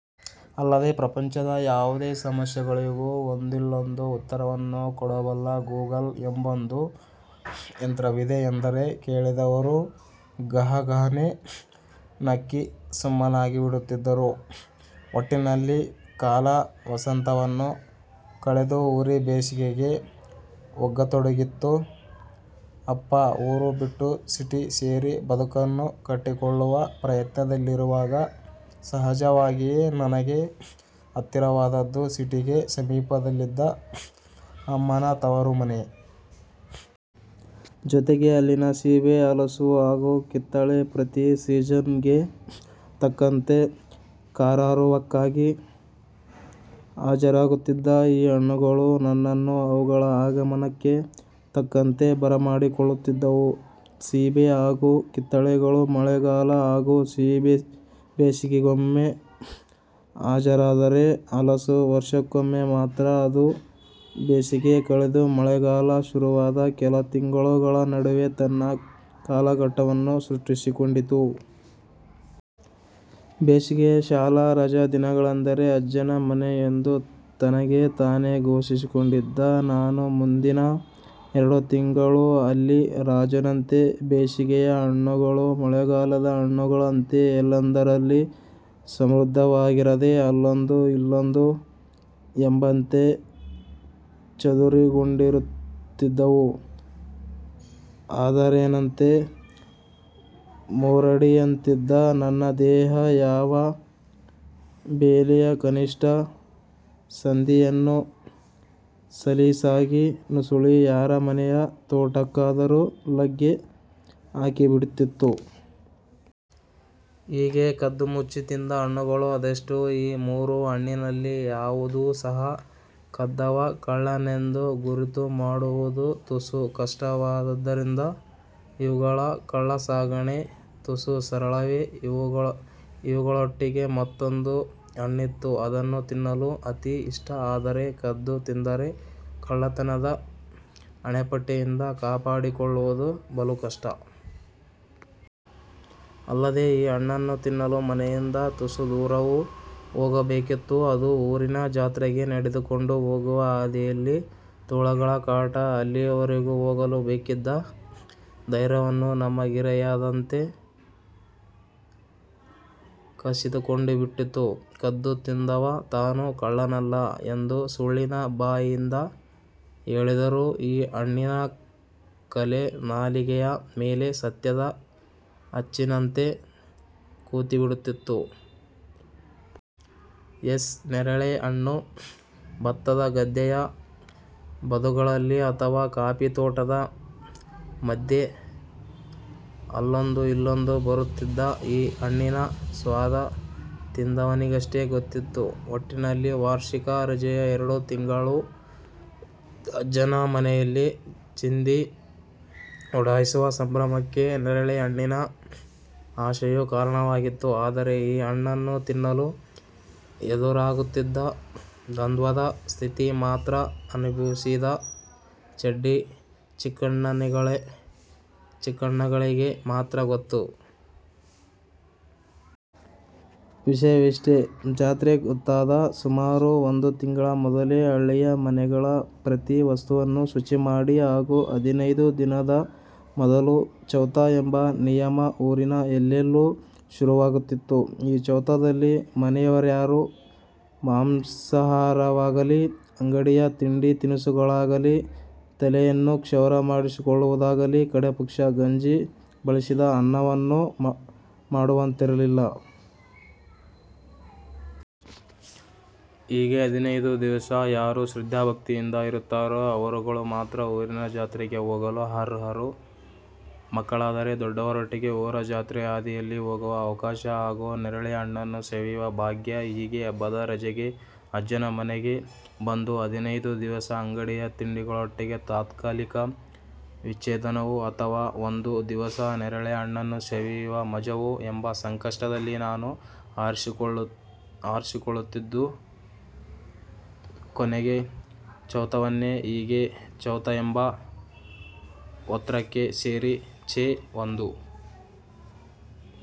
ಅಲ್ಲದೆ ಪ್ರಪಂಚದ ಯಾವುದೇ ಸಮಸ್ಯೆಗಳಿಗೂ ಒಂದಿಲ್ಲೊಂದು ಉತ್ತರವನ್ನು ಕೊಡಬಲ್ಲ 'ಗೂಗಲ್' ಎಂಬೊಂದು ಯಂತ್ರವಿದೆ ಎಂದರೆ ಕೇಳಿದವರು ಗಹಗಹನೇ ನಕ್ಕಿ ಸುಮ್ಮನಾಗಿಬಿಡುತ್ತಿದ್ದರು. ಒಟ್ಟಿನಲ್ಲಿ ಕಾಲ ವಸಂತವನ್ನು ಕಳೆದು ಉರಿ ಬೇಸಿಗೆಗೆ ಒಗ್ಗತೊಡಗಿತ್ತು. ಅಪ್ಪ ಊರು ಬಿಟ್ಟು ಸಿಟಿ ಸೇರಿ ಬದುಕನ್ನು ಕಟ್ಟಿಕೊಳ್ಳುವ ಪ್ರಯತ್ನದಲ್ಲಿರುವಾಗ ಸಹಜವಾಗಿಯೇ ನನಗೆ ಹತ್ತಿರವಾದದ್ದು ಸಿಟಿಗೆ ಸಮೀಪದಲ್ಲಿದ್ದ ಅಮ್ಮನ ತವರು ಮನೆ. ಜೊತೆಗೆ ಅಲ್ಲಿನ ಸೀಬೆ ಹಲಸು ಹಾಗು ಕಿತ್ತಳೆ. ಪ್ರತಿ ಸೀಸನ್ ಗೆ ತಕ್ಕಂತೆ ಕರಾರುವಕ್ಕಾಗಿ ಹಾಜರಾಗುತಿದ್ದ ಈ ಹಣ್ಣುಗಳು ನನ್ನನೂ ಅವುಗಳ ಆಗಮನಕ್ಕೆ ತಕ್ಕಂತೆ ಬರಮಾಡಿಕೊಳ್ಳುತ್ತಿದ್ದವು. ಸೀಬೆ ಹಾಗು ಕಿತ್ತಳೆಗಳು ಮಳೆಗಾಲ ಹಾಗು ಬೇಸಿಗೆಗೊಮ್ಮೆ ಹಾಜರಾದರೆ ಹಲಸು ವರ್ಷಕೊಮ್ಮೆ ಮಾತ್ರ. ಅದೂ ಬೇಸಿಗೆ ಕಳೆದು ಮೆಳೆಗಾಲ ಶುರುವಾದ ಕೆಲ ತಿಂಗಳುಗಳ ನಡುವೆ ತನ್ನ ಕಾಲಘಟ್ಟವನ್ನು ಸೃಷ್ಟಿಸಿಕೊಂಡಿತ್ತು. ಬೇಸಿಗೆಯ ಶಾಲಾ ರಜ ದಿನಗಳೆಂದರೆ ಅಜ್ಜನ ಮನೆಯೆಂದು ತನಗೆ ತಾನೆ ಘೋಷಿಸಿಕೊಂಡಿದ್ದ ನಾನು ಮುಂದಿನ ಎರಡು ತಿಂಗಳು ಅಲ್ಲಿ ರಾಜನಂತೆ. ಬೇಸಿಗೆಯ ಹಣ್ಣುಗಳು ಮಳೆಗಾಲದ ಹಣ್ಣುಗಳಂತೆ ಎಲ್ಲೆಂದರಲ್ಲಿ ಸಮೃದ್ದವಾಗಿರದೆ ಅಲ್ಲೊಂದು ಇಲ್ಲೊಂದು ಎಂಬಂತೆ ಚದುರಿಕೊಂಡಿರುತಿದ್ದವು. ಆದರೇನಂತೆ, ಮೂರಡಿಯಂತಿದ್ದ ನನ್ನ ದೇಹ ಯಾವ ಬೇಲಿಯ ಕನಿಷ್ಠ ಸಂದಿಯನ್ನೂ ಸಲೀಸಾಗಿ ನುಸುಳಿ ಯಾರ ಮನೆಯ ತೋಟಕ್ಕಾದರೂ ಲಗ್ಗೆ ಹಾಕಿಬಿಡುತ್ತಿತ್ತು. ಹೀಗೆ ಕದ್ದು ಮುಚ್ಚಿ ತಿಂದ ಹಣ್ಣುಗಳು ಅದೆಷ್ಟೋ. ಈ ಮೂರೂ ಹಣ್ಣಿನಲ್ಲಿ ಯಾವುದೂ ಸಹ ಕದ್ದವ ಕಳ್ಳನೆಂದು ಗುರುತು ಮಾಡುವುದು ತುಸು ಕಷ್ಟವಾದರಿಂದ ಇವುಗಳ ಕಳ್ಳಸಾಗಣೆ ತುಸು ಸರಳವೇ. ಇವುಗಳೊಟ್ಟಿಗೆ ಮತ್ತೊಂದು ಹಣ್ಣಿತ್ತು. ಅದನ್ನು ತಿನ್ನಲು ಅತಿ ಇಷ್ಟ ಆದರೆ ಕದ್ದು ತಿಂದರೆ ಕಳ್ಳತನದ ಹಣೆಪಟ್ಟಿಯಿಂದ ಕಾಪಾಡಿಕೊಳ್ಳುವುದು ಬಲುಕಷ್ಟ. ಅಲ್ಲದೆ ಈ ಹಣ್ಣನು ತಿನ್ನಲು ಮನೆಯಿಂದ ತುಸು ದೂರವೂ ಹೋಗಬೇಕಿತ್ತು, ಅದೂ ಊರಿನ ಜಾತ್ರೆಗೆ ನೆಡೆದುಕೊಂಡು ಹೋಗುವ ಹಾದಿಯಲ್ಲಿ. ತೋಳಗಳ ಕಾಟ ಅಲ್ಲಿಯವರೆಗೂ ಹೋಗಲು ಬೇಕಿದ್ದ ಧೈರ್ಯವನ್ನು ನಮಗರಿಯದಂತೆ ಕಸಿದುಕೊಂಡುಬಿಟ್ಟಿತ್ತು. ಕದ್ದು ತಿಂದವ ತಾನು ಕಳ್ಳನಲ್ಲ ಎಂದು ಸುಳ್ಳಿನ ಬಾಯಿಂದ ಹೇಳಿದರೂ ಈ ಹಣ್ಣಿನ ಕಲೆ ನಾಲಿಗೆಯ ಮೇಲೆ ಸತ್ಯದ ಹಚ್ಚಿನಂತೆ ಕೂತಿಬಿಡುತಿತ್ತು. ಯಸ್, ನೇರಳೆ ಹಣ್ಣು. ಭತ್ತದ ಗದ್ದೆಯ ಬದುಗಳಲ್ಲಿ ಅಥವಾ ಕಾಫೀ ತೋಟದ ಮದ್ಯೆ ಅಲ್ಲೊಂದೂ ಇಲ್ಲೊಂದೂ ಇರುತಿದ್ದ ಈ ಹಣ್ಣಿನ ಸ್ವಾದ ತಿಂದವನಿಗಷ್ಟೇ ಗೊತ್ತಿತ್ತು. ಒಟ್ಟಿನಲ್ಲಿ ವಾರ್ಷಿಕ ರಜೆಯ ಎರಡು ತಿಂಗಳೂ ಅಜ್ಜನ ಮನೆಯಲ್ಲಿ ಚಿಂದಿ ಊಡಹಿಸುವ ಸಂಭ್ರಮಕ್ಕೆ ನೇರಳೆ ಹಣ್ಣಿನ ಆಸೆಯೂ ಕಾರಣವಾಗಿತ್ತು. ಆದರೆ ಈ ಹಣ್ಣನು ತಿನ್ನಲು ಎದುರಾಗುತ್ತಿದ್ದ ದ್ವಂದ್ವದ ಸ್ಥಿತಿ ಮಾತ್ರ ಅನುಬಹಿವಿಸಿದ ಚಡ್ಡಿ ಚಿಕ್ಕಣ್ಣಗಳಿಗೆ ಮಾತ್ರ ಗೊತ್ತು. ವಿಷಯವಿಷ್ಟೇ. ಜಾತ್ರೆ ಗೊತ್ತಾದ ಸುಮಾರು ಒಂದು ತಿಂಗಳ ಮೊದಲೇ ಹಳ್ಳಿಯ ಮನೆಗಳ ಪ್ರತಿ ವಸ್ತುವನ್ನೂ ಶುಚಿಮಾಡಿ ಹಾಗು ಹದಿನೈದು ದಿನದ ಮೊದಲು 'ಚೌತ' ಎಂಬ ನಿಯಮ ಊರಿನ ಎಲ್ಲೆಲ್ಲೂ ಶುರುವಾಗುತ್ತಿತ್ತು. ಈ ಚೌತದಲ್ಲಿ ಮನೆಯವರ್ಯಾರು ಮಾಂಸಾಹಾರವಾಗಲಿ, ಅಂಗಡಿಯ ತಿಂಡಿ ತಿನಿಸುಗಳಾಗಲಿ, ತಲೆಯನ್ನು ಕ್ಷೌರ ಮಾಡಿಸಿಕೊಳ್ಳುವುದಾಗಲಿ ಕಡೆ ಪಕ್ಷ ಗಂಜಿ ಬಸಿದ ಅನ್ನವನ್ನೂ ಮಾಡುವಂತಿರಲಿಲ್ಲ. ಹೀಗೆ ಹದಿನೈದು ದಿವಸ ಯಾರು ಶ್ರದ್ದಾಭಕ್ತಿಯಿಂದ ಇರುತ್ತಾರೋ ಅವರುಗಳು ಮಾತ್ರ ಊರಿನ ಜಾತ್ರೆಗೆ ಹೋಗಲು ಅರ್ಹರು. ಮಕ್ಕಳಾದರೆ, ದೊಡ್ಡವರೊಟ್ಟಿಗೆ ಊರ ಜಾತ್ರೆಯ ಹಾದಿಯಲ್ಲಿ ಹೋಗುವ ಅವಕಾಶ ಹಾಗು ನೇರಳೆ ಹಣ್ಣನು ಸವಿಯುವ ಭಾಗ್ಯ. ಹೀಗೆ ಹಬ್ಬದ ರಜೆಗೆ ಅಜ್ಜನ ಮನೆಗೆ ಬಂದು ಹದಿನೈದು ದಿವಸ ಅಂಗಡಿಯ ತಿಂಡಿಗಳೊಟ್ಟಿಗೆ ತಾತ್ಕಾಲಿಕ ವಿಚ್ಛೇದನವೋ ಅಥವಾ ಒಂದು ದಿವಸ ನೇರಳೆ ಹಣ್ಣನ್ನು ಸವಿಯುವ ಮಜವೋ ಎಂಬ ಸಂಕಷ್ಟದಲ್ಲಿ ನಾನು ಆರಿಸಿಕೊಳ್ಳುತಿದ್ದದು ಕೊನೆಗೆ ಚೌತವನ್ನೇ. ಹೀಗೆ ಚೌತವೆಂಬ ವ್ರತಕ್ಕೆ ಸೇರಿ 'ಛೆ! ಒಂದು